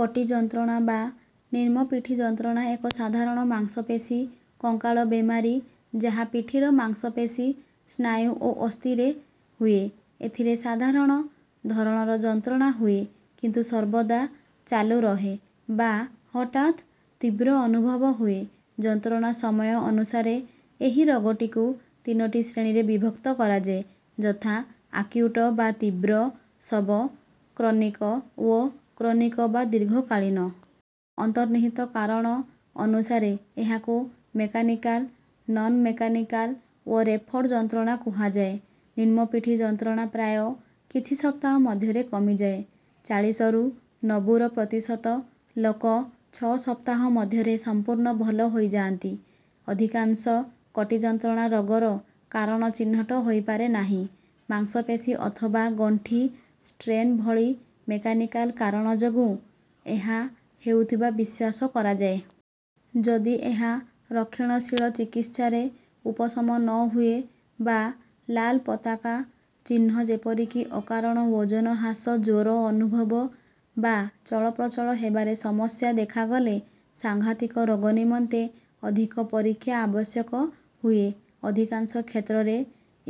କଟି ଯନ୍ତ୍ରଣା ବା ନିମ୍ନ ପିଠି ଯନ୍ତ୍ରଣା ଏକ ସାଧାରଣ ମାଂସପେଶୀ କଙ୍କାଳ ବେମାରୀ ଯାହା ପିଠିର ମାଂସପେଶୀ ସ୍ନାୟୁ ଓ ଅସ୍ଥିରେ ହୁଏ। ଏଥିରେ ସାଧାରଣ ଧରଣର ଯନ୍ତ୍ରଣା ହୁଏ କିନ୍ତୁ ସର୍ବଦା ଚାଲୁରହେ ବା ହଠାତ୍ ତୀବ୍ର ଅନୁଭବ ହୁଏ। ଯନ୍ତ୍ରଣା ସମୟ ଅନୁସାରେ ଏହି ରୋଗକୁ ତିନୋଟି ଶ୍ରେଣୀରେ ବିଭକ୍ତ କରାଯାଏ ଯଥା ଆକ୍ୟୁଟ ବା ତୀବ୍ର ସବ କ୍ରନିକ ଓ କ୍ରନିକ ବା ଦୀର୍ଘକାଳୀନ। ଅନ୍ତର୍ନିହିତ କାରଣ ଅନୁସାରେ ଏହାକୁ ମେକାନିକାଲ ନନ ମେକାନିକାଲ ଓ ରେଫର୍ଡ ଯନ୍ତ୍ରଣା କୁହାଯାଏ। ନିମ୍ନ ପିଠି ଯନ୍ତ୍ରଣା ପ୍ରାୟ କିଛି ସପ୍ତାହ ମଧ୍ୟରେ କମିଯାଏ ଚାଳିଶରୁ ନବୁର ପ୍ରତିଶତ ଲୋକ ଛଅ ସପ୍ତାହ ମଧ୍ୟରେ ସମ୍ପୂର୍ଣ୍ଣ ଭଲ ହୋଇଯାନ୍ତି। ଅଧିକାଂଶ କଟି ଯନ୍ତ୍ରଣା ରୋଗର କାରଣ ଚିହ୍ନଟ ହୋଇପାରେ ନାହିଁ ମାଂସପେଶୀ ଅଥବା ଗଣ୍ଠି ଷ୍ଟ୍ରେନ ଭଳି ମେକାନିକାଲ କାରଣ ଯୋଗୁଁ ଏହା ହେଉଥିବା ବିଶ୍ୱାସ କରାଯାଏ। ଯଦି ଏହା ରକ୍ଷଣଶୀଳ ଚିକିତ୍ସାରେ ଉପଶମ ନ ହୁଏ ବା ଲାଲ ପତାକା ଚିହ୍ନ ଯେପରିକି ଅକାରଣ ଓଜନ ହ୍ରାସ ଜ୍ୱର ଅନୁଭବ ବା ଚଳପ୍ରଚଳ ହେବାରେ ସମସ୍ୟା ଦେଖାଗଲେ ସାଂଘାତିକ ରୋଗ ନିମନ୍ତେ ଅଧିକ ପରୀକ୍ଷା ଆବଶ୍ୟକ ହୁଏ। ଅଧିକାଂଶ କ୍ଷେତ୍ରରେ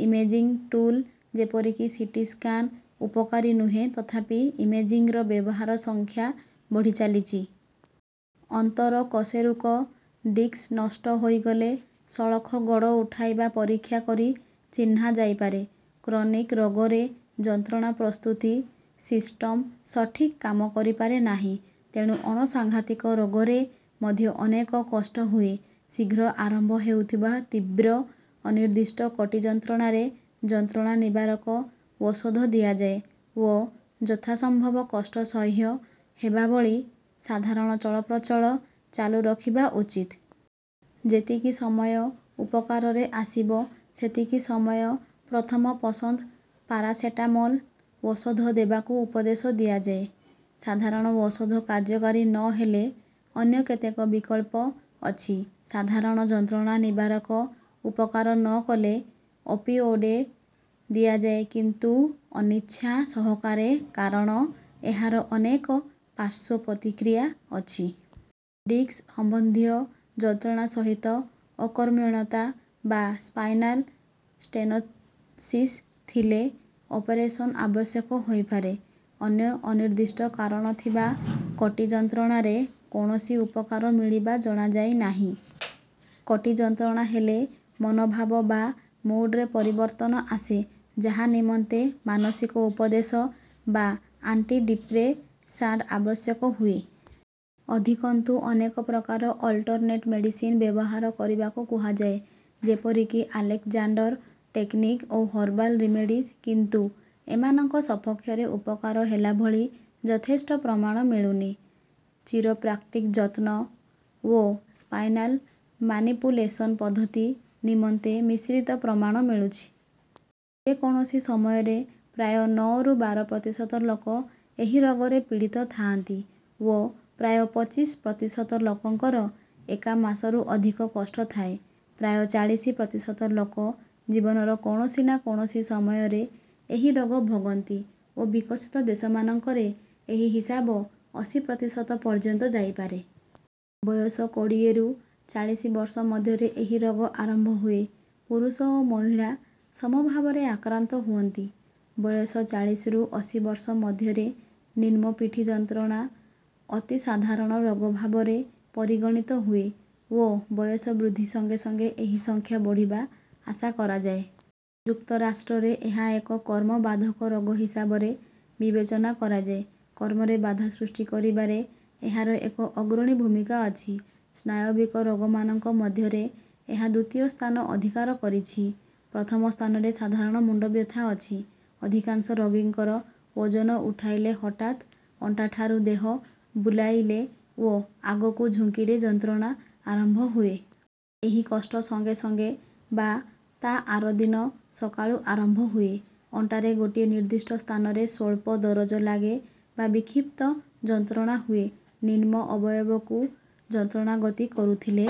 ଇମେଜିଙ୍ଗ ଟୁଲ ଯେପରିକି ସିଟି ସ୍କାନ ଉପକାରୀ ନୁହେଁ ତଥାପି ଇମେଜିଙ୍ଗର ବ୍ୟବହାର ସଂଖ୍ୟା ବଢ଼ିଚାଲିଛି। ଅନ୍ତର କଶେରୁକ ଡିସ୍କ ନଷ୍ଟ ହୋଇଗଲେ ସଳଖ ଗୋଡ଼ ଉଠାଇବା ପରୀକ୍ଷା କରି ଚିହ୍ନା ଯାଇପାରେ। କ୍ରନିକ ରୋଗରେ ଯନ୍ତ୍ରଣା ପ୍ରସ୍ତୁତି ସିଷ୍ଟମ ସଠିକ କାମ କରିପାରେ ନାହିଁ ତେଣୁ ଅଣ ସାଂଘାତିକ ରୋଗରେ ମଧ୍ୟ ଅନେକ କଷ୍ଟ ହୁଏ। ଶୀଘ୍ର ଆରମ୍ଭ ହେଉଥିବା ତୀବ୍ର ଅନିର୍ଦ୍ଦିଷ୍ଟ କଟି ଯନ୍ତ୍ରଣାରେ ଯନ୍ତ୍ରଣା ନିବାରକ ଔଷଧ ଦିଆଯାଏ ଓ ଯଥା ସମ୍ଭବ କଷ୍ଟ ସହ୍ୟ ହେବା ଭଳି ସାଧାରଣ ଚଳପ୍ରଚଳ ଚାଲୁ ରଖିବା ଉଚିତ। ଯେତିକି ସମୟ ଉପକାରରେ ଆସିବ ସେତିକି ସମୟ ପ୍ରଥମ ପସନ୍ଦ ପାରାସେଟାମୋଲ ଔଷଧ ଦେବାକୁ ଉପଦେଶ ଦିଆଯାଏ। ସାଧାରଣ ଔଷଧ କାର୍ଯ୍ୟକାରୀ ନ ହେଲେ ଅନ୍ୟ କେତେକ ବିକଳ୍ପ ଅଛି। ସାଧାରଣ ଯନ୍ତ୍ରଣା ନିବାରକ ଉପକାର ନ କଲେ ଓପିଓଡି ଦିଆଯାଏ କିନ୍ତୁ ଅନିଚ୍ଛା ସହକାରେ କାରଣ ଏହାର ଅନେକ ପାର୍ଶ୍ୱ ପ୍ରତିକ୍ରିୟା ଅଛି। ଡିସ୍କ ସମ୍ବନ୍ଧୀୟ ଯନ୍ତ୍ରଣା ସହିତ ଅକର୍ମଣ୍ୟତା ବା ସ୍ପାଇନାଲ ଷ୍ଟେନୋସିସ ଥିଲେ ଅପରେସନ ଆବଶ୍ୟକ ହୋଇପାରେ। ଅନ୍ୟ ଅନିର୍ଦ୍ଦିଷ୍ଟ କାରଣ ଥିବା କଟି ଯନ୍ତ୍ରଣାରେ କୌଣସି ଉପକାର ମିଳିବା ଜଣାଯାଇ ନାହିଁ। କଟି ଯନ୍ତ୍ରଣା ହେଲେ ମନୋଭାବ ବା ମୁଡରେ ପରିବର୍ତ୍ତନ ଆସେ ଯାହା ନିମନ୍ତେ ମାନସିକ ଉପଦେଶ ବା ଆଣ୍ଟିଡିପ୍ରେସାଣ୍ଟ ଆବଶ୍ୟକ ହୁଏ। ଅଧିକନ୍ତୁ ଅନେକ ପ୍ରକାର ଅଲଟରନେଟ ମେଡିସିନ ବ୍ୟବହାର କରିବାକୁ କୁହାଯାଏ ଯେପରିକି ଆଲେକଜାଣ୍ଡର ଟେକନିକ ଓ ହର୍ବାଲ ରିମେଡିଜ କିନ୍ତୁ ଏମାନଙ୍କ ସପକ୍ଷରେ ଉପକାର ହେଲା ଭଳି ଯଥେଷ୍ଟ ପ୍ରମାଣ ମିଳୁନି। ଚିରୋପ୍ରାକ୍ଟିକ ଯତ୍ନ ଓ ସ୍ପାଇନାଲ ମାନିପୁଲେସନ ପଦ୍ଧତି ନିମନ୍ତେ ମିଶ୍ରିତ ପ୍ରମାଣ ମିଳୁଛି। ଯେ କୌଣସି ସମୟରେ ପ୍ରାୟ ନଅରୁ ବାର ପ୍ରତିଶତ ଲୋକ ଏହି ରୋଗରେ ପୀଡ଼ିତ ଥାଆନ୍ତି ଓ ପ୍ରାୟ ପଚିଶ ପ୍ରତିଶତ ଲୋକଙ୍କର ଏକା ମାସରୁ ଅଧିକ କଷ୍ଟ ଥାଏ। ପ୍ରାୟ ଚାଳିଶ ପ୍ରତିଶତ ଲୋକ ଜୀବନର କୌଣସି ନା କୌଣସି ସମୟରେ ଏହି ରୋଗ ଭୋଗନ୍ତି ଓ ବିକଶିତ ଦେଶମାନଙ୍କରେ ଏହି ହିସାବ ଅଶୀ ପ୍ରତିଶତ ପର୍ଯ୍ୟନ୍ତ ଯାଇପାରେ। ବୟସ କୋଡ଼ିଏରୁ ଚାଳିଶ ବର୍ଷ ମଧ୍ୟରେ ଏହି ରୋଗ ଆରମ୍ଭ ହୁଏ। ପୁରୁଷ ଓ ମହିଳା ସମ ଭାବରେ ଆକ୍ରାନ୍ତ ହୁଅନ୍ତି। ବୟସ ଚାଳିଶରୁ ଅଶୀ ବର୍ଷ ମଧ୍ୟରେ ନିମ୍ନ ପିଠି ଯନ୍ତ୍ରଣା ଅତି ସାଧାରଣ ରୋଗ ଭାବରେ ପରିଗଣିତ ହୁଏ ଓ ବୟସ ବୃଦ୍ଧି ସଙ୍ଗେ ସଙ୍ଗେ ଏହି ସଂଖ୍ୟା ବଢ଼ିବା ଆଶା କରାଯାଏ। ଯୁକ୍ତରାଷ୍ଟ୍ରରେ ଏହା ଏକ କର୍ମ ବାଧକ ରୋଗ ହିସାବରେ ବିବେଚନା କରାଯାଏ। କର୍ମରେ ବାଧା ସୃଷ୍ଟି କରିବାରେ ଏହାର ଏକ ଅଗ୍ରଣୀ ଭୂମିକା ଅଛି। ସ୍ନାୟବିକ ରୋଗମାନଙ୍କ ମଧ୍ୟରେ ଏହା ଦ୍ୱିତୀୟ ସ୍ଥାନ ଅଧିକାର କରିଛି ପ୍ରଥମ ସ୍ଥାନରେ ସାଧାରଣ ମୁଣ୍ଡ ବ୍ୟଥା ଅଛି। ଅଧିକାଂଶ ରୋଗୀଙ୍କର ଓଜନ ଉଠାଇଲେ ହଠାତ ଅଣ୍ଟାଠାରୁ ଦେହ ବୁଲାଇଲେ ଓ ଆଗକୁ ଝୁଙ୍କିଲେ ଯନ୍ତ୍ରଣା ଆରମ୍ଭ ହୁଏ। ଏହି କଷ୍ଟ ସଙ୍ଗେ ସଙ୍ଗେ ବା ତା ଆର ଦିନ ସକାଳୁ ଆରମ୍ଭ ହୁଏ। ଅଣ୍ଟାରେ ଗୋଟିଏ ନିର୍ଦ୍ଦିଷ୍ଟ ସ୍ଥାନରେ ସ୍ୱଳ୍ପ ଦରଜ ଲାଗେ ବା ବିକ୍ଷିପ୍ତ ଯନ୍ତ୍ରଣା ହୁଏ। ନିମ୍ନ ଅବୟବକୁ ଯନ୍ତ୍ରଣା ଗତି କରୁଥିଲେ